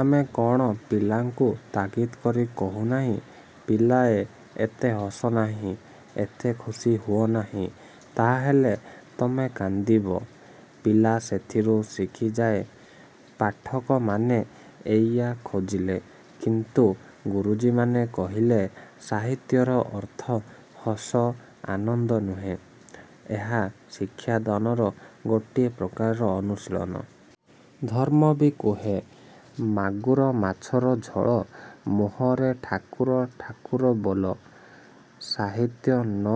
ଆମେ କ'ଣ ପିଲାଙ୍କୁ ତାଗିଦ୍ କରି କହୁ ନାହିଁ-ପିଲାଏ, ଏତେ ହସ ନାହିଁ। ଏତେ ଖୁସି ହୁଅ ନାହିଁ। ତାହାହେଲେ ତମେ କାନ୍ଦିବ। ପିଲା ସେଥିରୁ ଶିଖିଯାଏ। ପାଠକମାନେ ଏଇଆ ଖୋଜିଲେ। କିନ୍ତୁ ଗୁରୁଜୀମାନେ କହିଲେ ସାହିତ୍ୟର ଅର୍ଥ ହସ ଆନନ୍ଦ ନୁହେଁ। ଏହା ଶିକ୍ଷାଦାନର ଗୋଟାଏ ପ୍ରକାରର ଅନୁଶୀଳନ। ଧର୍ମ ବି କହେ- ମାଗୁର ମାଛର ଝୋଳ ମୁହଁରେ ଠାକୁର ଠାକୁର ବୋଲ। ସାହିତ୍ୟ ନ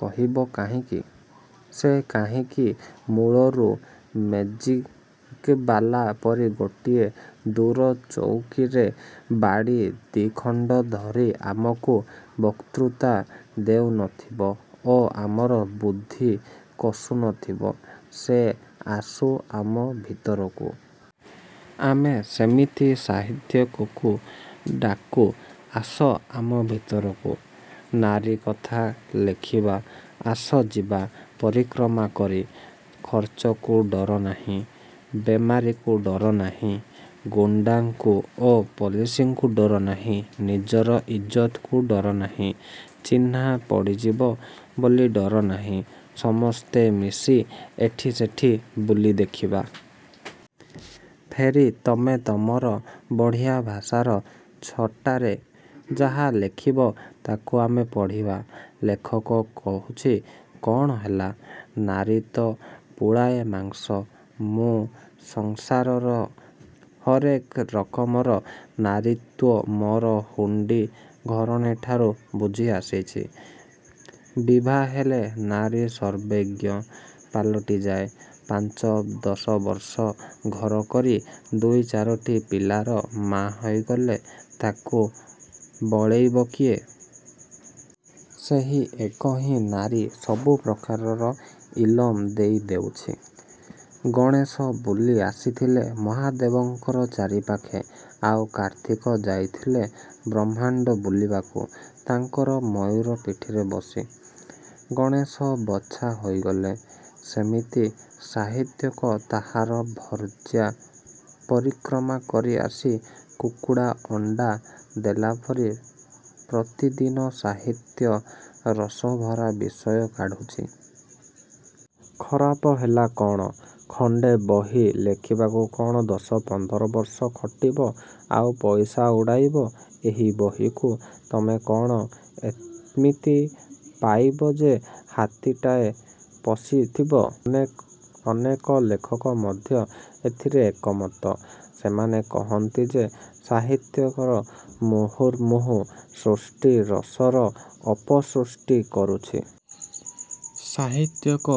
କହିବ କାହିଁକି? ସେ କାହିଁକି ମୂଳରୁ ମେଜିକବାଲା ପରି ଗୋଟିଏ ଦୂର ଚଉକିରେ ବାଡ଼ି ଦି'ଖଣ୍ତ ଧରି ଆମକୁ ବକ୍ତୃତା ଦେଉନଥିବ ଓ ଆମର ବୁଦ୍ଧି କଷୁନଥିବ? ସେ ଆସୁ ଆମ ଭିତରକୁ। ଆମେ ସେମିତି ସାହିତ୍ୟିକକୁ ଡାକୁ-ଆସ ଆମ ଭିତରକୁ। ନାରୀ କଥା ଲେଖିବ-ଆସ ଯିବା। ପରିକ୍ରମା କରି। ଖର୍ଚ୍ଚକୁ ଡର ନାହିଁ। ବେମାରିକୁ ଡର ନାହିଁ। ଗୁଣ୍ତାଙ୍କୁ ଓ ପୁଲିସଙ୍କୁ ଡର ନାହିଁ। ନିଜର ଇଜ୍ଜତକୁ ଡର ନାହିଁ। ଚିହ୍ନା ପଡ଼ିଯିବ ବୋଲି ଡର ନାହିଁ। ସମସ୍ତେ ମିଶି ଏଠି ସେଠି ବୁଲି ଦେଖିବା। ଫେରି ତମେ ତମର ବଢ଼ିଆ ଭାଷାର ଛଟାରେ ଯାହା ଲେଖିବ ତାକୁ ଆମେ ପଢ଼ିବା। ଲେଖକ କହୁଛି-କ'ଣ ହେଲା? ନାରୀ ତ ପୁଳାଏ ମାଂସ। ମୁଁ ସଂସାରର ହରେକ ରକମର ନାରୀତତ୍ତ୍ୱ ମୋର ହୁଣ୍ତୀ ଘରଣୀଠାରୁ ବୁଝି ଆସିଛି। ବିଭାହେଲେ ନାରୀ ସର୍ବେଜ୍ଞ ପାଲଟିଯାଏ। ପାଞ୍ଚ ଦଶବର୍ଷ ଘର କରି ଦୁଇ ଚାରୋଟି ପିଲାର ମା ହେଇଗଲେ ତାକୁ ବଳେଇବ କିଏ? ସେହି ଏକ ହିଁ ନାରୀ ସବୁ ପ୍ରକାରର ଇଲମ ଦେଇ ଦେଉଛି। ଗଣେଶ ବୁଲି ଆସିଥିଲେ ମହାଦେବଙ୍କର ଚାରିପାଖେ ଆଉ କାର୍ତ୍ତିକ ଯାଇଥିଲେ ବ୍ରହ୍ମାଣ୍ତ ବୁଲିବାକୁ ତାଙ୍କର ମୟୁର ପିଠିରେ ବସି। ଗଣେଶ ବଛା ହେଇଗଲେ। ସେମିତି ସାହିତ୍ୟିକ ତାହାର ଭାର୍ଯ୍ୟା-ପରିକ୍ରମା କରି ଆସି କୁକୁଡ଼ା ଅଣ୍ତା ଦେଲା ପରି ପ୍ରତିଦିନ ସାହିତ୍ୟ ରସଭରା ବିଷୟ କାଢ଼ୁଛି। ଖରାପ ହେଲା କ'ଣ? ଖଣ୍ତେ ବହି ଲେଖିବାକୁ କ'ଣ ଦଶ ପନ୍ଦରବର୍ଷ ଖଟିବ ଆଉ ପଇସା ଉଡ଼ାଇବ? ଏହି ବହିରୁ ତମେ କ'ଣ ଏମିତି ପାଇବ ଯେ ହାତୀଟାଏ ପୋଷିଥିବ? ଅନେକ ଲେଖକ ମଧ୍ୟ ଏଥିରେ ଏକମତ। ସେମାନେ କହନ୍ତି ଯେ ସାହିତ୍ୟର ମୂହୁର୍ମୁହୁ ସୃଷ୍ଟି ରସର ଅପସୃଷ୍ଟି କରୁଛି। ସାହିତ୍ୟିକ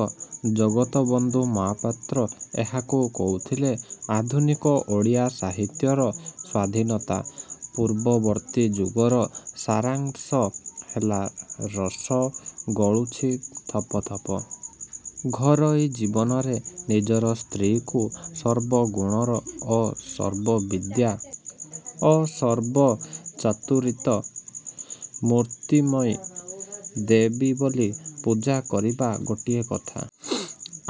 ଜଗତବନ୍ଧୁ ମହାପାତ୍ର ଏହାକୁ କହୁଥିଲେ ଆଧୁନିକ ଓଡ଼ିଆ ସାହିତ୍ୟର ସ୍ୱାଧୀନତା ପୂର୍ବବର୍ତ୍ତୀ ଯୁଗର ସାରାଂଶ ହେଲା-ରସ ଗଳୁଛି ଥପ ଥପ। ଘରୋଇ ଜୀବନରେ ନିଜର ସ୍ତ୍ରୀକୁ ସର୍ବଗୁଣର ଓ ସର୍ବବିଦ୍ୟା ଓ ସର୍ବ ଚାତୁରୀର ମୂର୍ତ୍ତିମତୀ ଦେବୀ ବୋଲି ପୂଜା କରିବା ଗୋଟିଏ କଥା।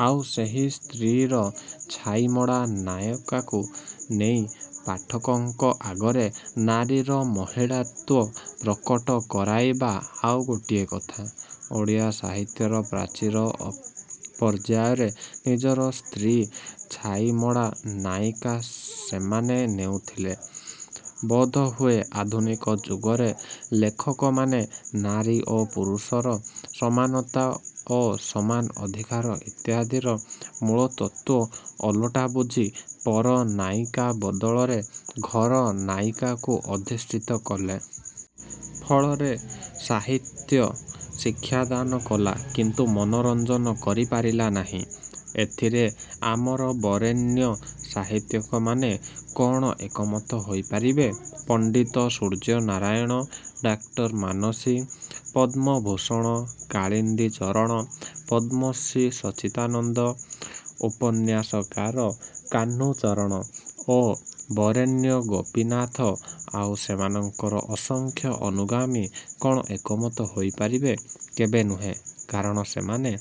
ଆଉ ସେହି ସ୍ତ୍ରୀର ଛାଇମଡ଼ା ନାୟିକାକୁ ନେଇ ପାଠକଙ୍କ ଆଗରେ ନାରୀର ମହିଳାତ୍ୱ ପ୍ରକଟ କରାଇବା ଆଉ ଗୋଟିଏ କଥା। ଓଡ଼ିଆ ସାହିତ୍ୟର ପ୍ରାଚୀନ ପର୍ଯ୍ୟାୟରେ ନିଜର ସ୍ତ୍ରୀର ଛାଇମଡ଼ା ନାୟିକା ସେମାନେ ନେଉଥିଲେ। ବୋଧହୁଏ ଆଧୁନିକ ଯୁଗରେ ଲେଖକମାନେ ନାରୀ ଓ ପୁରୁଷର ସମାନତା ଓ ସମାନ ଅଧିକାର ଇତ୍ୟାଦିର ମୂଳତତ୍ତ୍ୱକୁ ଓଲଟା ବୁଝି ପର-ନାୟିକା ବଦଳରେ ଘର ନାୟିକାକୁ ଅଧିଷ୍ଠିତ କଲେ। ଫଳରେ ସାହିତ୍ୟ ଶିକ୍ଷାଦାନ କଲା କିନ୍ତୁ ମନୋରଞ୍ଜନ କରିପାରିଲା ନାହିଁ। ଏଥିରେ ଆମର ବରେଣ୍ୟ ସାହିତ୍ୟିକମାନେ କ'ଣ ଏକମତ ହେଇ ପାରିବେ? ପଣ୍ତିତ ସୂର୍ଯ୍ୟନାରାୟଣ, ଡକ୍ଟର ମାନସିଂ, ପଦ୍ମଭୂଷଣ କାଳିନ୍ଦୀଚରଣ, ପଦ୍ମଶ୍ରୀ ସଚ୍ଚିଦାନନ୍ଦ, ଉପନ୍ୟାସକାର କାହ୍ନୁଚରଣ ଓ ବରେଣ୍ୟ ଗୋପୀନାଥ ଆଉ ସେମାନଙ୍କର ଅସଂଖ୍ୟ ଅନୁଗାମୀ କ'ଣ ଏକମତ ହୋଇପାରିବେ? କେବେ ନୁହେଁ। କାରଣ ସେମାନେ